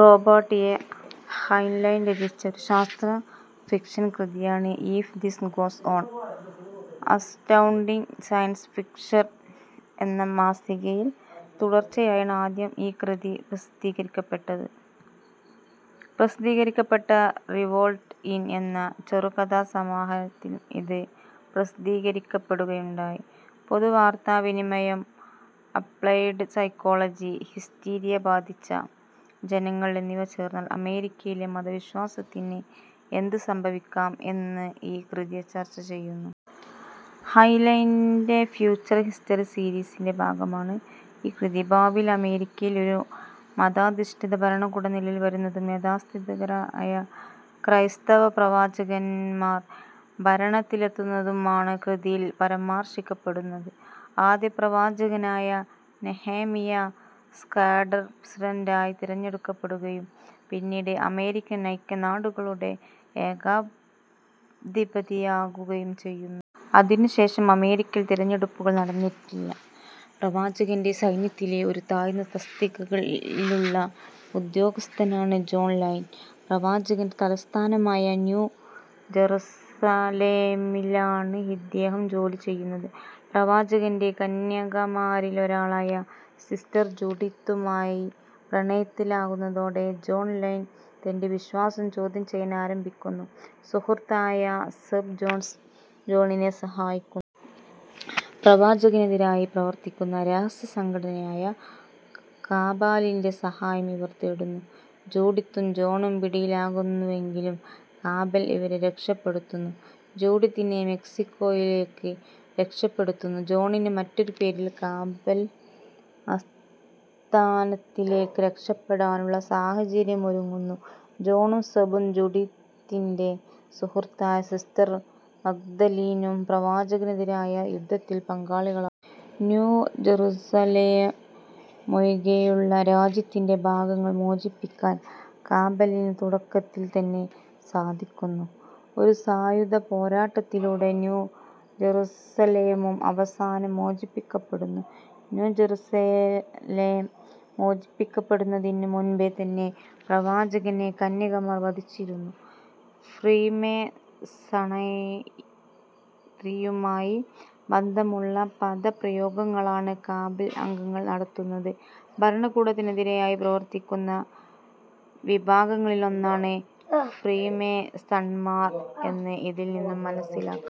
Robert A. Heinlein രചിച്ച ഒരു ശാസ്ത്ര ഫിക്ഷൻ കൃതിയാണ് " if this goes on ". Astounding science fiction എന്ന മാസികയിൽ തുടർച്ചയായാണ് ആദ്യം ഈ കൃതി പ്രസിദ്ധീകരിക്കപ്പെട്ടത്. പ്രസിദ്ധീകരിക്കപ്പെട്ട റിവോൾട്ട് ഇൻ എന്ന ചെറുകഥാസമാഹാരത്തിലും ഇത് പ്രസിദ്ധീകരിക്കപ്പെടുകയുണ്ടായി. പൊതു വാർത്താവിനിമയം, അപ്ലൈഡ് സൈക്കോളജി, ഹിസ്റ്റീരിയ ബാധിച്ച ജനങ്ങൾ എന്നിവ ചേർന്നാൽ അമേരിക്കയിലെ മത വിശ്വാസത്തിന് എന്ത് സംഭവിക്കാം എന്ന് ഈ കൃതി ചർച്ച ചെയ്യുന്നു. ഹൈൻലൈന്റെ ഫ്യൂച്ചർ ഹിസ്റ്ററി സീരീസിന്റെ ഭാഗമാണ് ഈ കൃതി. ഭാവിയിൽ അമേരിക്കയിൽ ഒരു മതാധിഷ്ടിത ഭരണകൂടം നിലവിൽ വരുന്നതും യാഥാസ്ഥിതികരായ ക്രൈസ്തവ " പ്രവാചകന്മാർ " ഭരണത്തിലെത്തുന്നതുമാണ് കൃതിയിൽ പരാമർശിക്കപ്പെടുന്നത്. ആദ്യ ' പ്രവാചകനായ ' നെഹേമിയ സ്കഡർ പ്രസിഡന്റായി തിരഞ്ഞെടുക്കപ്പെടുകയും പിന്നീട് അമേരിക്കൻ ഐക്യനാടുകളുടെ ഏകാധിപതിയാകുകയും ചെയ്യുന്നു. അതിനു ശേഷം അമേരിക്കയിൽ തിരഞ്ഞെടുപ്പുകൾ നടന്നിട്ടില്ല. പ്രവാചകന്റെ സൈന്യത്തിലെ ഒരു താഴ്ന്ന തസ്തികകയിലുള്ള ഉദ്യോഗസ്ഥനാണ് ജോൺ ലൈൽ. പ്രവാചകന്റെ തലസ്ഥാനമായ ന്യൂ ജെറുസലേമിലാണ് ഇദ്ദേഹം ജോലി ചെയ്യുന്നത്. പ്രവാചകന്റെ കന്യകമാരിലൊരാളായ സിസ്റ്റർ ജൂഡിത്തുമായി പ്രണയത്തിലാകുന്നതോടെ ജോൺ ലൈൽ തന്റെ വിശ്വാസം ചോദ്യം ചെയ്യാൻ ആരംഭിക്കുന്നു. സുഹൃത്തായ സെബ് ജോൺസ് ജോണിനെ സഹായിക്കുന്നു. പ്രവാചകനെതിരായി പ്രവർത്തിക്കുന്ന രഹസ്യ സംഘടനയായ " കാബലിന്റെ " സഹായം ഇവർ തേടുന്നു. ജൂഡിത്തും ജോണും പിടിയിലാകുന്നുവെങ്കിലും കാമ്പൽ ഇവരെ രക്ഷപെടുത്തുന്നു. ജൂഡിത്തിനെ മെക്സിക്കോയിലേയ്ക്ക് രക്ഷപെടുത്തുന്നു. ജോണിന് മറ്റൊരു പേരിൽ കാബൽ ആസ്ഥാനത്തിലേയ്ക്ക് രക്ഷപെടാനുള്ള സാഹചര്യമൊരുങ്ങുന്നു. ജോണും സെബും ജൂഡിത്തിന്റെ സുഹൃത്തായ സിസ്റ്റർ മഗ്ദലീനും പ്രവാചകനെതിരായ യുദ്ധത്തിൽ പങ്കാളികളാ ന്യൂ ജറുസലേമൊഴികെയുള്ള രാജ്യത്തിന്റെ ഭാഗങ്ങൾ മോചിപ്പിക്കാൻ കാബലിന് തുടക്കത്തിൽ തന്നെ സാധിക്കുന്നു. ഒരു സായുധ പോരാട്ടത്തിലൂടെ ന്യൂ ജറുസലേമും അവസാനം മോചിപ്പിക്കപ്പെടുന്നു. ന്യൂ ജറുസലേം മോചിപ്പിക്കപ്പെടുന്നതിനു മുൻപേ തന്നെ പ്രവാചകനെ കന്യകമാർ വധിച്ചിരുന്നു. ഫ്രീമേസണറിയുമായി ബന്ധമുള്ള പദപ്രയോഗങ്ങളാണ് കാബൽ അംഗങ്ങൾ നടത്തുന്നത്. ഭരണകൂടത്തിനെതിരേയായി പ്രവർത്തിക്കുന്ന വിഭാഗങ്ങളിലൊന്നാണ് ഫ്രീമേസണ്മാർ എന്ന് ഇതിൽ നിന്ന് മനസ്സിലാക്കാം.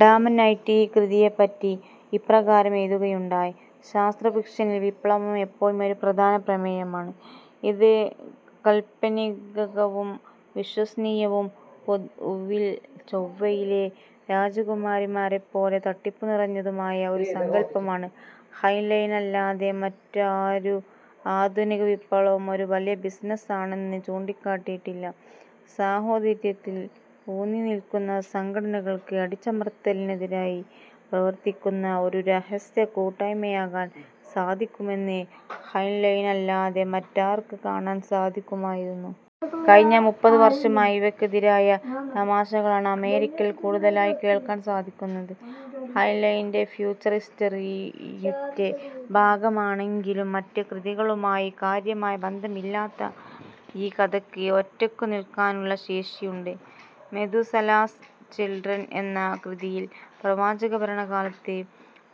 ഡാമൺ നൈറ്റ് ഈ കൃതിയെപ്പറ്റി ഇപ്രകാരം എഴുതുകയുണ്ടായി: ശാസ്ത്രഫിക്ഷനിൽ വിപ്ലവം എപ്പോഴും ഒരു പ്രധാന പ്രമേയമാണ്. ഇത് കാല്പനികകവും വിശ്വസനീയവും പൊതുവിൽ ചൊവ്വയിലെ രാജകുമാരിമാരെപ്പോലെ തട്ടിപ്പുനിറഞ്ഞതുമായ ഒരു സങ്കൽപ്പമാണ്. ഹൈൻലൈനല്ലാതെ മറ്റാരും ആധുനിക വിപ്ലവം ഒരു വലിയ ബിസിനസാണെന്ന് ചൂണ്ടിക്കാട്ടിയിട്ടില്ല. സാഹോദര്യത്തിൽ ഊന്നിനിൽക്കുന്ന സംഘടനകൾക്ക് അടിച്ചമർത്തലിനെതിരായി പ്രവർത്തിക്കുന്ന ഒരു രഹസ്യ കൂട്ടായ്മയാകാൻ സാധിക്കുമെന്ന് ഹൈൻലൈനല്ലാതെ മറ്റാർക്ക് കാണാൻ സാധിക്കുമായിരുന്നു? കഴിഞ്ഞ മുപ്പത് വർഷമായി ഇവയ്ക്കെതിരായ തമാശകളാണ് അമേരിക്കയിൽ കൂടുതലായി കേൾക്കാൻ സാധിക്കുന്നത്. ഹൈൻലൈന്റെ ഫ്യൂച്ചർ ഹിസ്റ്ററിയുറ്റെ ഭാഗമാണെങ്കിലും മറ്റ് കൃതികളുമായി കാര്യമായ ബന്ധമില്ലാത്ത ഈ കഥയ്ക്ക് ഒറ്റയ്ക്കുനിൽക്കാനുള്ള ശേഷിയുണ്ട്. മെതുസലാസ് ചിൽഡ്രൺ എന്ന കൃതിയിൽ പ്രവാചകഭരണകാലത്ത്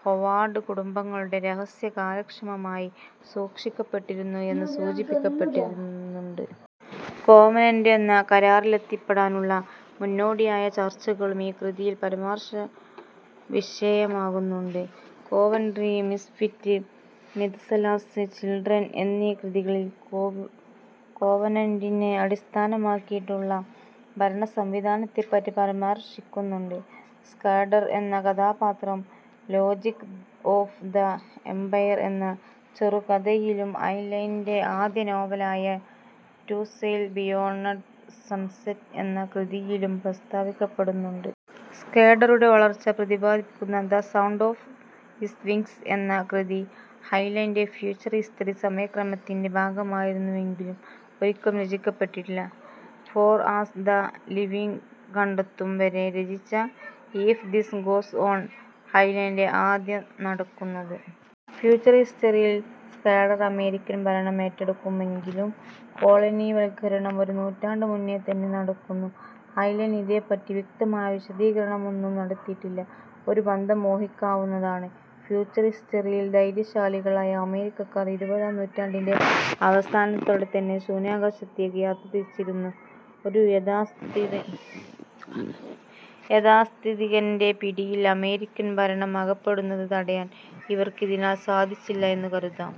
ഹൊവാർഡ് കുടുംബങ്ങളുടെ രഹസ്യം കാര്യക്ഷമമായി സൂക്ഷിക്കപ്പെട്ടിരുന്നു എന്ന് സൂചിപ്പിക്കപ്പെട്ടിരുന്നുണ്ട്. കോവനന്റ് എന്ന കരാറിലെത്തിപ്പെടാനുള്ള മുന്നോടിയായ ചർച്ചകളും ഈ കൃതിയിൽ പരാമർശവിഷയമാകുന്നുണ്ട്. " കോവന്ററി "," മിസ്ഫിറ്റ് ", മിതുസലാസ് ചിൽഡ്രൺ എന്നീ കൃതികളിൽകോവ് കോവനന്റിനെ അടിസ്ഥാനമാക്കിയുള്ള ഭരണസംവിധാനത്തെപ്പറ്റി പരാമർശിക്കുന്നുണ്ട്. സ്കഡർ എന്ന കഥാപാത്രം " ലോജിക് ഓഫ് ദ എമ്പയർ " എന്ന ചെറുകഥയിലും ഹൈൻലൈന്റെ ആദ്യ നോവലായ റ്റു സെയിൽ ബിയോൺഡ് സൺസെറ്റ് എന്ന കൃതിയിലും പ്രസ്താവിക്കപ്പെടുന്നുണ്ട്. സ്കഡറുടെ വളർച്ച പ്രതിപാദിക്കുന്ന " the sound of his wings " എന്ന കൃതി ഹൈൻലൈന്റെ ഫ്യൂച്ചർ ഹിസ്റ്ററി സമയക്രമത്തിന്റെ ഭാഗമായിരുന്നുവെങ്കിലും ഒരിക്കലും രചിക്കപ്പെട്ടില്ല. ഫോർ അസ്, ദ ലിവിംഗ് കണ്ടെത്തും വരെ രചിച്ച ഈഫ് ദിസ് ഗോസ് ഓൺ ഹൈൻലൈന്റെ ആദ്യം നടക്കുന്നത്. ഫ്യൂച്ചർ ഹിസ്റ്ററിയിൽ സ്കഡർ അമേരിക്കൻ ഭരണം ഏറ്റെടുക്കുമെങ്കിലും കോളനിവൽക്കരണം ഒരു നൂറ്റാണ്ടു മുന്നേതന്നെ നടക്കുന്നു. ഹൈൻലൈൻ ഇതേപ്പറ്റി വ്യക്തമായ വിശദീകരണമൊന്നും നടത്തിയിട്ടില്ല. ഒരു ബന്ധം ഊഹിക്കാവുന്നതാണ്: ഫ്യൂച്ചർ ഹിസ്റ്ററിയിൽ ധൈര്യശാലികളായ അമേരിക്കക്കാർ ഇരുപതാം നൂറ്റാണ്ടിന്റെ അവസാനത്തോടെതന്നെ ശൂന്യാകാശത്തേയ്ക്ക് യാത്ര തിരിച്ചിരുന്നു. ഒരു യഥാസ്ഥിതി യാഥാസ്ഥിതികന്റെ പിടിയിൽ അമേരിക്കൻ ഭരണം അകപ്പെടുന്നത് തടയാൻ ഇവർക്ക് ഇതിനാൽ സാധിച്ചില്ല എന്ന് കരുതാം. ".